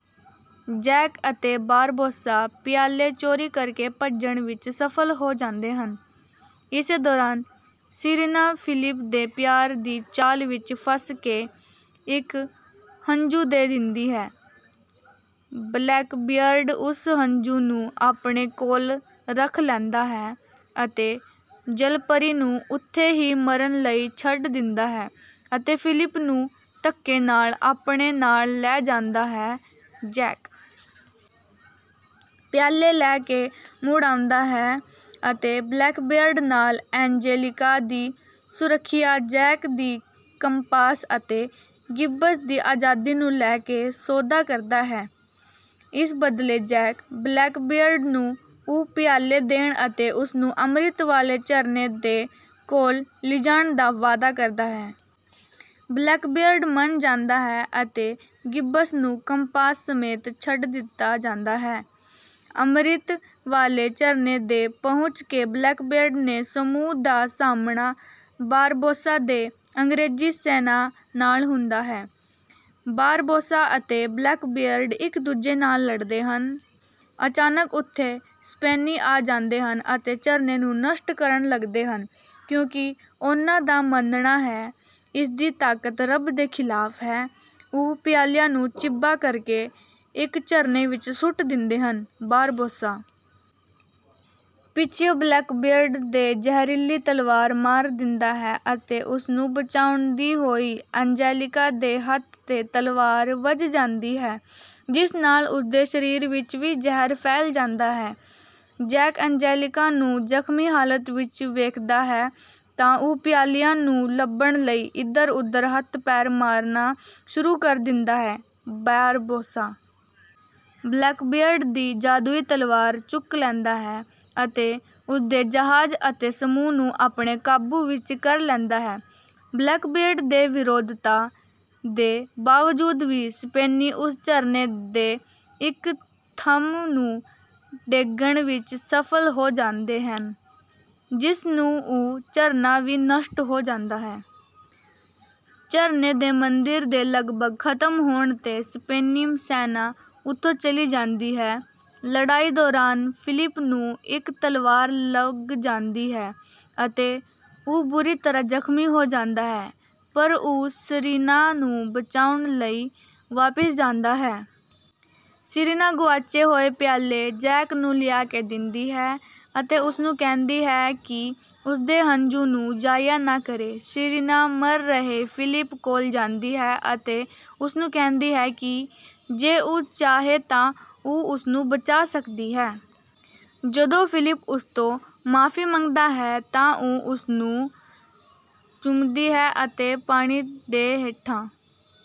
Jack ਅਤੇ Barbossa ਪਿਆਲੇ ਚੋਰੀ ਕਰਕੇ ਭੱਜਣ ਵਿੱਚ ਸਫਲ ਹੋ ਜਾਂਦੇ ਹਨ। ਇਸੇ ਦੌਰਾਨ ਸੀਰੀਨਾ, ਫਿਲਿਪ ਦੇ ਪਿਆਰ ਦੀ ਚਾਲ ਵਿੱਚ ਫਸ ਕੇ ਇੱਕ ਹੰਝੂ ਦੇ ਦਿੰਦੀ ਹੈ। ਬਲੈਕਬੀਅਰਡ ਉਸ ਹੰਝੂ ਨੂੰ ਆਪਣੇ ਕੋਲ ਰੱਖ ਲੈਂਦਾ ਹੈ ਅਤੇ ਜਲਪਰੀ ਨੂੰ ਉੱਥੇ ਹੀ ਮਰਨ ਲਈ ਛੱਡ ਦਿੰਦਾ ਹੈ ਅਤੇ ਫਿਲਿਪ ਨੂੰ ਧੱਕੇ ਨਾਲ ਆਪਣੇ ਨਾਲ ਲੈ ਜਾਂਦਾ ਹੈ। ਜੈਕ ਪਿਆਲੇ ਲੈ ਕੇ ਮੁੜ ਆਉਂਦਾ ਹੈ ਅਤੇ ਬਲੈਕਬੀਅਰਡ ਨਾਲ ਐਂਜੇਲੀਕਾ ਦੀ ਸੁਰੱਖਿਆ, ਜੈਕ ਦੀ ਕੰਪਾਸ ਅਤੇ ਗਿੱਬਸ ਦੀ ਆਜ਼ਾਦੀ ਨੂੰ ਲੈ ਕੇ ਸੌਦਾ ਕਰਦਾ ਹੈ। ਇਸ ਬਦਲੇ ਜੈਕ ਬਲੈਕਬੀਅਰਡ ਨੂੰ ਉਹ ਪਿਆਲੇ ਦੇਣ ਅਤੇ ਉਸਨੂੰ ਅਮ੍ਰਿਤ ਵਾਲੇ ਝਰਨੇ ਦੇ ਕੋਲ ਲਿਜਾਣ ਦਾ ਵਾਅਦਾ ਕਰਦਾ ਹੈ। ਬਲੈਕਬੀਅਰਡ ਮੰਨ ਜਾਂਦਾ ਹੈ ਅਤੇ ਗਿੱਬਸ ਨੂੰ ਕੰਪਾਸ ਸਮੇਤ ਛੱਡ ਦਿੱਤਾ ਜਾਂਦਾ ਹੈ। ਅਮ੍ਰਿਤ ਵਾਲੇ ਝਰਨੇ ਤੇ ਪਹੁੰਚ ਕੇ ਬਲੈਕਬੀਅਰਡ ਦੇ ਸਮੂਹ ਦਾ ਸਾਹਮਣਾ ਬਾਰਬੋਸਾ ਦੇ ਅੰਗ੍ਰੇਜ਼ੀ ਸੈਨਾ ਨਾਲ ਹੁੰਦੀ ਹੈ। ਬਾਰਬੋਸਾ ਅਤੇ ਬਲੈਕਬੀਅਰਡ ਇੱਕ ਦੂਜੇ ਨਾਲ ਲੜਦੇ ਹਨ। ਅਚਾਨਕ ਉੱਥੇ ਸਪੇਨੀ ਆ ਜਾਂਦੇ ਹਨ ਅਤੇ ਝਰਨੇ ਨੂੰ ਨਸ਼ਟ ਕਰਨ ਲੱਗਦੇ ਹਨ, ਕਿਉਂਕਿ ਉਹਨਾਂ ਦਾ ਮੰਨਣਾ ਹੈ ਇਸਦੀ ਤਾਕਤ ਰੱਬ ਦੇ ਖ਼ਿਲਾਫ਼ ਹੈ। ਉਹ ਪਿਆਲਿਆਂ ਨੂੰ ਚਿੱਬਾ ਕਰਕੇ ਇੱਕ ਝਰਨੇ ਵਿੱਚ ਸੁੱਟ ਦਿੰਦੇ ਹਨ। ਬਾਰਬੋਸਾ ਪਿੱਛਿਓਂ ਬਲੈਕਬੀਅਰਡ ਦੇ ਜ਼ਹਿਰੀਲੀ ਤਲਵਾਰ ਮਾਰ ਦਿੰਦਾ ਹੈ ਅਤੇ ਉਸਨੂੰ ਬਚਾਉਂਦੀ ਹੋਈ ਐਂਜੇਲੀਕਾ ਦੇ ਹੱਥ ਤੇ ਤਲਵਾਰ ਵੱਜ ਜਾਂਦੀ ਹੈ, ਜਿਸ ਨਾਲ ਉਸਦੇ ਸਰੀਰ ਵਿੱਚ ਵੀ ਜ਼ਹਿਰ ਫੈਲ ਜਾਂਦਾ ਹੈ। ਜੈਕ ਐਂਜੇਲੀਕਾ ਨੂੰ ਜ਼ਖ਼ਮੀ ਹਾਲਤ ਵਿੱਚ ਵੇਖਦਾ ਹੈ ਤਾਂ ਉਹ ਪਿਆਲਿਆਂ ਨੂੰ ਲੱਭਣ ਲਈ ਇੱਧਰ-ਉੱਧਰ ਹੱਥ ਪੈਰ ਮਾਰਨਾ ਸ਼ੁਰੂ ਕਰ ਦਿੰਦਾ ਹੈ। ਬਾਰਬੋਸਾ ਬਲੈਕਬੀਅਰਡ ਦੀ ਜਾਦੂਈ ਤਲਵਾਰ ਚੁੱਕ ਲੈਂਦਾ ਹੈ ਅਤੇ ਉਸਦੇ ਜਹਾਜ਼ ਅਤੇ ਸਮੂਹ ਨੂੰ ਆਪਣੇ ਕਾਬੂ ਵਿੱਚ ਕਰ ਲੈਂਦਾ ਹੈ। ਬਲੈਕਬੀਅਰਡ ਦੇ ਵਿਰੋਧਤਾ ਦੇ ਬਾਵਜੂਦ ਵੀ ਸਪੇਨੀ ਉਸ ਝਰਨੇ ਦੇ ਇੱਕ ਥੰਮ ਨੂੰ ਡੇਗਣ ਵਿੱਚ ਸਫਲ ਹੋ ਜਾਂਦੇ ਹਨ, ਜਿਸ ਨਾਲ ਉਹ ਝਰਨਾ ਵੀ ਨਸ਼ਟ ਹੋ ਜਾਂਦਾ ਹੈ। ਝਰਨੇ ਦੇ ਮੰਦਿਰ ਦੇ ਲਗਭਗ ਖ਼ਤਮ ਹੋਣ ਤੇ ਸਪੇਨੀ ਸੈਨਾ ਉੱਥੋਂ ਚਲੀ ਜਾਂਦੀ ਹੈ। ਲੜਾਈ ਦੌਰਾਨ ਫਿਲਿਪ ਨੂੰ ਇੱਕ ਤਲਵਾਰ ਲੱਗ ਜਾਂਦੀ ਹੈ ਅਤੇ ਉਹ ਬੁਰੀ ਤਰ੍ਹਾਂ ਜ਼ਖ਼ਮੀ ਹੋ ਜਾਂਦਾ ਹੈ, ਪਰ ਉਹ ਸੀਰੀਨਾ ਨੂੰ ਬਚਾਉਣ ਲਈ ਵਾਪਿਸ ਜਾਂਦਾ ਹੈ। ਸੀਰੀਨਾ ਗੁਆਚੇ ਹੋਏ ਪਿਆਲੇ ਜੈਕ ਨੂੰ ਲਿਆ ਕੇ ਦਿੰਦੀ ਹੈ ਅਤੇ ਉਸਨੂੰ ਕਹਿੰਦੀ ਹੈ ਕਿ ਉਸਦੇ ਹੰਝੂ ਨੂੰ ਜ਼ਾਇਆ ਨਾ ਕਰੇ। ਸੀਰੀਨਾ ਮਰ ਰਹੇ ਫਿਲਿਪ ਕੋਲ ਜਾਂਦੀ ਹੈ ਅਤੇ ਉਸਨੂੰ ਕਹਿੰਦੀ ਹੈ ਕਿ ਜੇ ਉਹ ਚਾਹੇ ਤਾਂ ਉਹ ਉਸਨੂੰ ਬਚਾ ਸਕਦੀ ਹੈ। ਜਦੋਂ ਫਿਲਿਪ ਉਸਤੋਂ ਮਾਫ਼ੀ ਮੰਗਦਾ ਹੈ ਤਾਂ ਉਹ ਉਸਨੂੰ ਚੁੰਮਦੀ ਹੈ ਅਤੇ ਪਾਣੀ ਦੇ ਹੇਠਾਂ...